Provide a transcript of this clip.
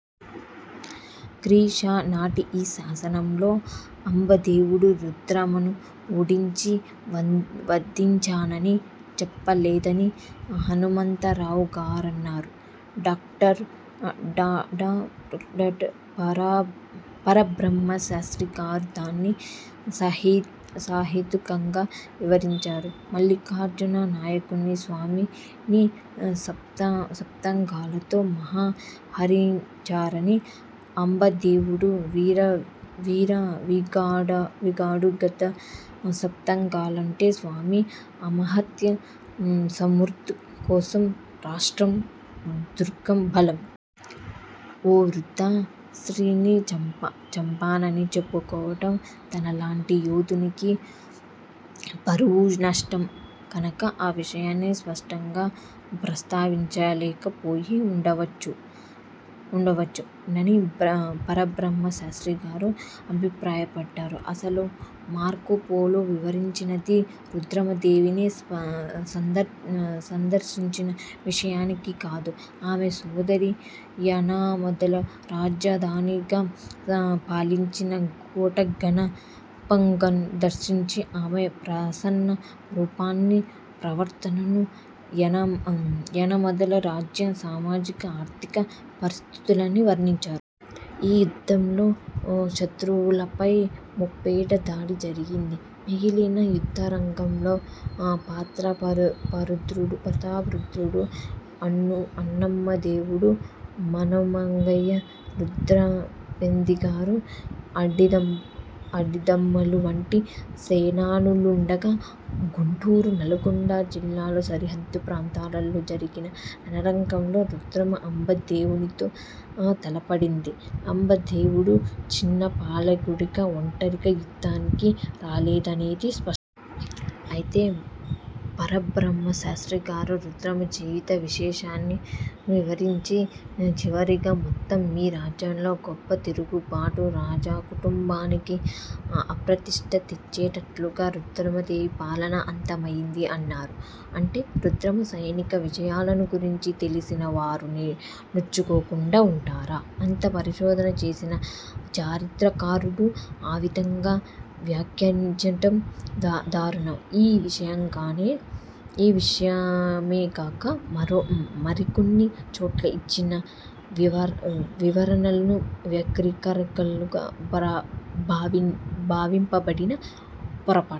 క్రీ. శ. నాటి ఈ శాసనంలో అంబదేవుడు రుద్రమను ఓడించి వధించానని చెప్పలేదని హనుమంతరావుగారన్నారు. డా. పరబ్రహ్మశాస్త్రిగారు దాన్ని సహేతుకంగా వివరించారు. మల్లికార్జున నాయకుని స్వామి ని సప్తాంగాలతో సహా హరించానని అంబదేవుడు విర్రవీగాడు గదా! సప్తాంగాలంటే స్వామి, అమాత్య, సుహృత్, కోశం, రాష్ట్రం, దుర్గం, బలం. ''ఓ వృద్ధ స్త్రీని చంపానని చెప్పుకోవటం తనలాంటి యోధునికి పరువునష్టం కనుక ఆ విషయాన్ని స్పష్టంగా ప్రస్తావించకపోయి ఉండవచ్చు''నని పరబ్రహ్మశాస్త్రిగారు అభిప్రాయ పడ్డారు. అసలు మార్కొపోలో వివరించినది రుద్రమదేవిని సందర్శించిన విషయాన్ని కాదు. ఆమె సోదరి, యనమదల రాజధానిగా పాలించిన కోట గణపాంబను దర్శించి, ఆమె ప్రసన్న రూపాన్ని, ప్రవర్తనను, యనమదల రాజ్య సామాజిక, ఆర్థిక పరిస్థితుల్ని వర్ణించాడు. ఈ యుద్ధంలో శత్రువుల పై ముప్పేట దాడి జరిగింది. మిగిలిన యుద్ధరంగాల్లో ప్రతాపరుద్రుడు, అన్నమ దేవుడు, మనుమగన్నయ, రుద్రపెద్దింగారు, అడిదంమల్లు వంటి సేనానులుండగా, గుంటూరు, నల్గొండ జిల్లాల సరిహద్దు ప్రాంతంలో జరిగిన రణరంగంలో రుద్రమ అంబదేవునితో తలపడింది. అంబదేవుడు చిన్నపాలెగాడుగా ఒంటరిగా యుద్ధానికి రాలేదనేది స్పష్టం. అయితే పరబ్రహ్మశాస్త్రిగారు రుద్రమ జీవిత విశేషాల్ని వివరించి చివరిగా, ''మొత్తం మీద రాజ్యంలో గొప్ప తిరుగుబాటు, రాజకుటుంబానికి అప్రతిష్ట తెచ్చేటట్టుగా రుద్రమదేవి పాలన అంతమైంది'' అన్నారు. అంటే రుద్రమ సైనిక విజయాలను గురించి తెలిసిన వారు నొచ్చుకోకుండా ఉంటారా? అంత పరిశోధన చేసిన చరిత్రకారుడు ఆవిధంగా వ్యాఖ్యానించటం దారుణం. ఈ విషయమేగాక మరికొన్ని చోట్ల ఇచ్చిన వివరణలు వక్రీకరణలుగా భావింపబడిన పొరపాట్లు